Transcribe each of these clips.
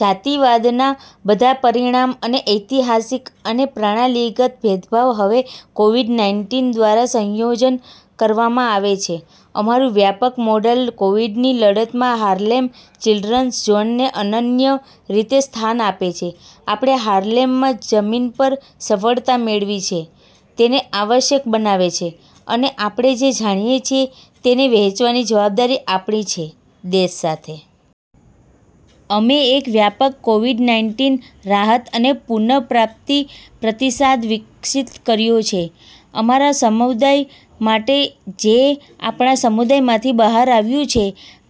જાતિવાદના બધા પરિણામ અને ઐતિહાસિક અને પ્રણાલીગત ભેદભાવ હવે કોવિડ-નાઈનટીન દ્વારા સંયોજન કરવામાં આવે છે. અમારું વ્યાપક મોડેલ કોવિડ ની લડતમાં હાર્લેમ ચિલ્ડ્રન્સ ઝોનને અનન્ય રીતે સ્થાન આપે છે. આપણે હાર્લેમમાં જમીન પર સફળતા મેળવી છે તેને આવશ્યક બનાવે છે, અને આપણે જે જાણીએ છીએ તેને વહેંચવાની જવાબદારી આપણી છે દેશ સાથે. અમે એક વ્યાપક કોવિડ - નાઈનટીન રાહત અને પુનપ્રાપ્તિ પ્રતિસાદ વિકસિત કર્યો છે અમારા સમુદાય માટે, જે આપણા સમુદાયમાંથી બહાર આવ્યું છે,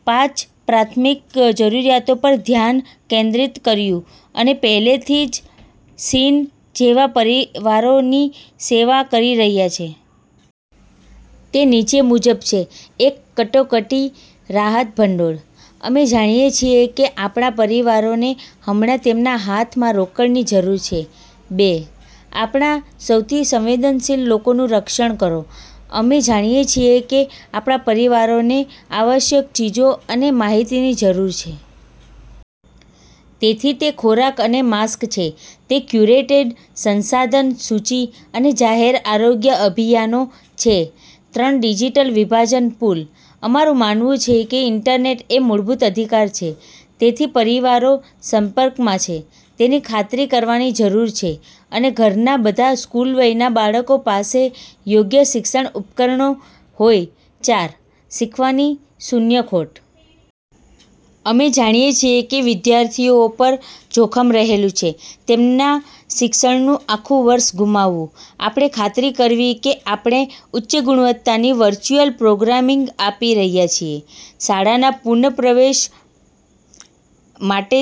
પાંચ પ્રાથમિક જરૂરિયાતો પર ધ્યાન કેન્દ્રિત કર્યું, અને પહેલેથી જ સીન જેવા પરિવારોની સેવા કરી રહ્યાં છે. તે નીચે મુજબ છે. એક, કટોકટી રાહત ભંડોળ. અમે જાણીએ છીએ કે આપણા પરિવારોને હમણાં તેમના હાથમાં રોકડની જરૂર છે. બે, આપણા સૌથી સંવેદનશીલ લોકોનું રક્ષણ કરો. અમે જાણીએ છીએ કે આપણા પરિવારોને આવશ્યક ચીજો અને માહિતીની જરૂર છે. તેથી તે ખોરાક અને માસ્ક છે, તે ક્યુરેટેડ સંસાધન સૂચિ અને જાહેર આરોગ્ય અભિયાનો છે. ત્રણ, ડિજિટલ વિભાજન પુલ. અમારું માનવું છે કે ઇન્ટરનેટ એ મૂળભૂત અધિકાર છે. તેથી પરિવારો સંપર્કમાં છે તેની ખાતરી કરવાની જરૂર છે, અને ઘરનાં બધાં સ્કૂલ-વયનાં બાળકો પાસે યોગ્ય શિક્ષણ ઉપકરણો હોય ચાર, શીખવાની શૂન્ય ખોટ. અમે જાણીએ છીએ કે વિદ્યાર્થીઓ પર જોખમ રહેલું છે તેમના શિક્ષણનું આખું વર્ષ ગુમાવવું. આપણે ખાતરી કરવી કે આપણે ઉચ્ચગુણવત્તાની વર્ચ્યુઅલ પ્રોગ્રામિંગ આપી રહ્યાં છીએ, શાળાના પુનપ્રવેશ માટે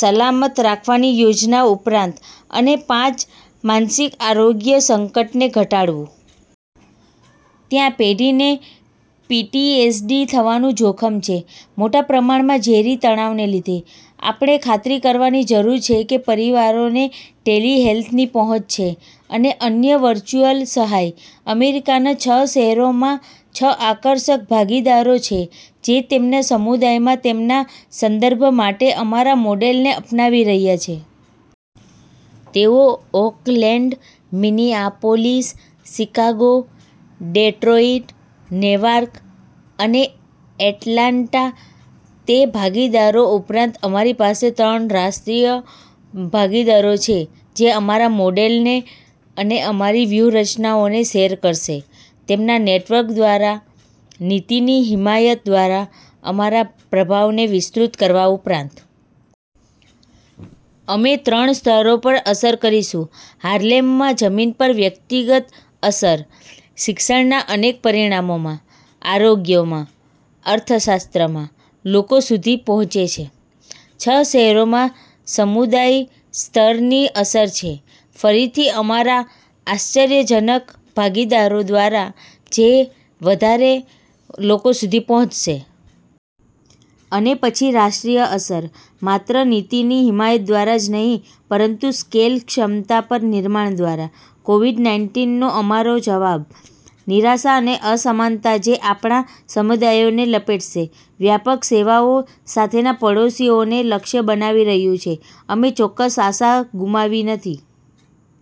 સલામત રાખવાની યોજના ઉપરાંત. અને પાંચ, માનસિક આરોગ્ય સંકટને ઘટાડવું. ત્યાં પેઢીને પીટીએસડી થવાનું જોખમ છે, મોટા પ્રમાણમાં ઝેરી તણાવને લીધે. આપણે ખાતરી કરવાની જરૂર છે કે પરિવારોને ટેલિહેલ્થની પહોંચ છે અને અન્ય વર્ચુઅલ સહાય. અમેરીકાના છ શહેરોમાં છ આકર્ષક ભાગીદારો છે જે તેમના સમુદાયમાં તેમના સંદર્ભ માટે અમારા મોડેલને અપનાવી રહ્યા છે. તેઓ Oakland, Minneapolis, Chicago, Detroit, Newark અને એટલાન્ટા. તે ભાગીદારો ઉપરાંત, અમારી પાસે ત્રણ રાષ્ટ્રીય ભાગીદારો છે, જે અમારા મોડેલને અને અમારી વ્યૂહરચનાઓને શેર કરશે તેમના નેટવર્ક દ્વારા, નીતિની હિમાયત દ્વારા અમારા પ્રભાવને વિસ્તૃત કરવા ઉપરાંત. અમે ત્રણ સ્તરો પર અસર કરીશું. હાર્લેમમાં જમીન પર વ્યક્તિગત અસર, શિક્ષણના અનેક પરિણામોમાં, આરોગ્ય માં, અર્થશાસ્ત્ર માં, લોકો સુધી પહોંચે છે. છ શહેરોમાં સમુદાય-સ્તરની અસર છે, ફરીથી અમારા આશ્ચર્યજનક ભાગીદારો દ્વારા, જે વધારે લોકો સુધી પહોંચશે. અને પછી રાષ્ટ્રીય અસર, માત્ર નીતિની હિમાયત દ્વારા જ નહીં, પરંતુ સ્કેલ ક્ષમતા પર નિર્માણ દ્વારા. કોવિડ -નાઈનટીન નો અમારો જવાબ, નિરાશા અને અસમાનતા જે આપણા સમુદાયોને લપેટશે, વ્યાપક સેવાઓ સાથેના પડોશીઓને લક્ષ્ય બનાવી રહ્યું છે. અમે ચોક્કસ આશા ગુમાવી નથી.